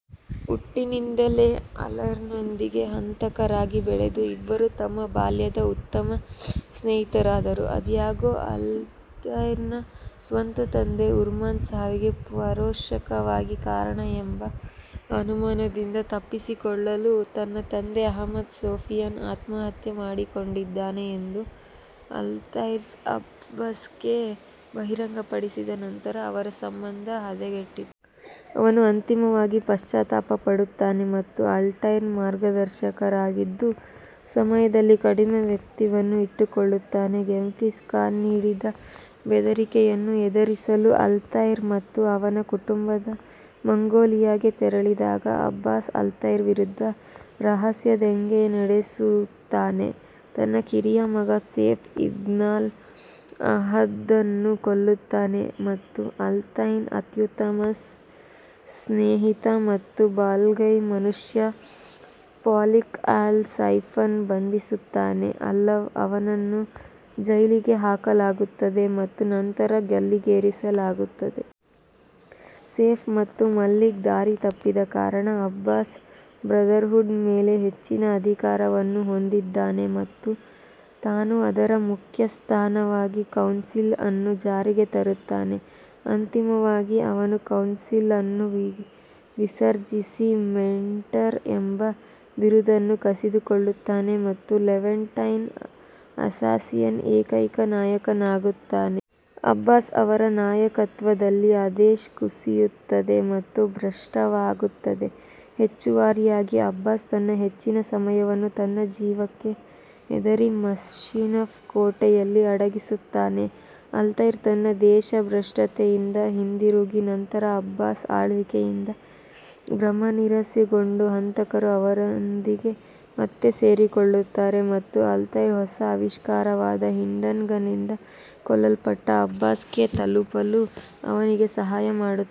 ಹುಟ್ಟಿನಿಂದಲೇ ಅಲ್ತೈರ್ನೊಂದಿಗೆ ಹಂತಕರಾಗಿ ಬೆಳೆದ ಇಬ್ಬರೂ ತಮ್ಮ ಬಾಲ್ಯದಲ್ಲಿ ಉತ್ತಮ ಸ್ನೇಹಿತರಾದರು. ಆದಾಗ್ಯೂ, ಅಲ್ತೈರ್ನ ಸ್ವಂತ ತಂದೆ ಉಮರ್ನ ಸಾವಿಗೆ ಪರೋಕ್ಷವಾಗಿ ಕಾರಣ ಎಂಬ ಅವಮಾನದಿಂದ ತಪ್ಪಿಸಿಕೊಳ್ಳಲು ತನ್ನ ತಂದೆ ಅಹ್ಮದ್ ಸೋಫಿಯಾನ್ ಆತ್ಮಹತ್ಯೆ ಮಾಡಿಕೊಂಡಿದ್ದಾನೆ ಎಂದು ಅಲ್ತೈರ್ ಅಬ್ಬಾಸ್ಗೆ ಬಹಿರಂಗಪಡಿಸಿದ ನಂತರ ಅವರ ಸಂಬಂಧವು ಹದಗೆಟ್ಟಿತು. ಅವನು ಅಂತಿಮವಾಗಿ ಪಶ್ಚಾತ್ತಾಪ ಪಡುತ್ತಾನೆ ಮತ್ತು ಆಲ್ಟೈರ್ನ ಮಾರ್ಗದರ್ಶಕರಾಗಿದ್ದ ಸಮಯದಲ್ಲಿ ಕಡಿಮೆ ವ್ಯಕ್ತಿತ್ವವನ್ನು ಇಟ್ಟುಕೊಳ್ಳುತ್ತಾನೆ. ಗೆಂಘಿಸ್ ಖಾನ್ ನೀಡಿದ ಬೆದರಿಕೆಯನ್ನು ಎದುರಿಸಲು ಅಲ್ತೈರ್ ಮತ್ತು ಅವನ ಕುಟುಂಬ ಮಂಗೋಲಿಯಾಗೆ ತೆರಳಿದಾಗ, ಅಬ್ಬಾಸ್ ಅಲ್ತೈರ್ ವಿರುದ್ಧ ರಹಸ್ಯ ದಂಗೆಯನ್ನು ನಡೆಸುತ್ತಾನೆ; ತನ್ನ ಕಿರಿಯ ಮಗ ಸೆಫ್ ಇಬ್ನ್-ಲಾ 'ಅಹದ್ನನ್ನು ಕೊಲ್ಲುತ್ತಾನೆ ಮತ್ತು ಅಲ್ತೈರ್ನ ಅತ್ಯುತ್ತಮ ಸ್ನೇಹಿತ ಮತ್ತು ಬಲಗೈ ಮನುಷ್ಯ ಮಲಿಕ್ ಅಲ್-ಸೈಫ್ನನ್ನು ಬಂಧಿಸುತ್ತಾನೆ, ಅವನನ್ನು ಜೈಲಿಗೆ ಹಾಕಲಾಗುತ್ತದೆ ಮತ್ತು ನಂತರ ಗಲ್ಲಿಗೇರಿಸಲಾಗುತ್ತದೆ. ಸೆಫ್ ಮತ್ತು ಮಲಿಕ್ ದಾರಿ ತಪ್ಪಿದ ಕಾರಣ, ಅಬ್ಬಾಸ್ ಬ್ರದರ್ಹುಡ್ನ ಮೇಲೆ ಹೆಚ್ಚಿನ ಅಧಿಕಾರವನ್ನು ಹೊಂದಿದ್ದಾನೆ ಮತ್ತು ತಾನು ಅದರ ಮುಖ್ಯಸ್ಥನಾಗಿ ಕೌನ್ಸಿಲ್ ಅನ್ನು ಜಾರಿಗೆ ತರುತ್ತಾನೆ. ಅಂತಿಮವಾಗಿ, ಅವನು ಕೌನ್ಸಿಲ್ ಅನ್ನು ವಿಸರ್ಜಿಸಿ, ಮೆಂಟರ್ ಎಂಬ ಬಿರುದನ್ನು ಕಸಿದುಕೊಳ್ಳುತ್ತಾನೆ ಮತ್ತು ಲೆವಾಂಟೈನ್ ಅಸ್ಸಾಸಿನ್ಸ್ನ ಏಕೈಕ ನಾಯಕನಾಗುತ್ತಾನೆ. ಅಬ್ಬಾಸ್ ಅವರ ನಾಯಕತ್ವದಲ್ಲಿ, ಆದೇಶವು ಕುಸಿಯುತ್ತದೆ ಮತ್ತು ಭ್ರಷ್ಟವಾಗುತ್ತದೆ. ಹೆಚ್ಚುವರಿಯಾಗಿ, ಅಬ್ಬಾಸ್ ತನ್ನ ಹೆಚ್ಚಿನ ಸಮಯವನ್ನು ತನ್ನ ಜೀವಕ್ಕೆ ಹೆದರಿ ಮಸೀಫ್ನ ಕೋಟೆಯಲ್ಲಿ ಅಡಗಿಸಿಡುತ್ತಾನೆ. ಅಲ್ತೈರ್ ತನ್ನ ದೇಶಭ್ರಷ್ಟತೆಯಿಂದ ಹಿಂದಿರುಗಿದ ನಂತರ, ಅಬ್ಬಾಸ್ ಆಳ್ವಿಕೆಯಿಂದ ಭ್ರಮನಿರಸನಗೊಂಡ ಹಂತಕರು, ಅವನೊಂದಿಗೆ ಮತ್ತೆ ಸೇರಿಕೊಳ್ಳುತ್ತಾರೆ ಮತ್ತು ಅಲ್ತೈರ್ನ ಹೊಸ ಆವಿಷ್ಕಾರವಾದ ಹಿಡನ್ ಗನ್ನಿಂದ ಕೊಲ್ಲಲ್ಪಟ್ಟ ಅಬ್ಬಾಸ್ಗೆ ತಲುಪಲು ಅವನಿಗೆ ಸಹಾಯ ಮಾಡುತ್ತಾರೆ.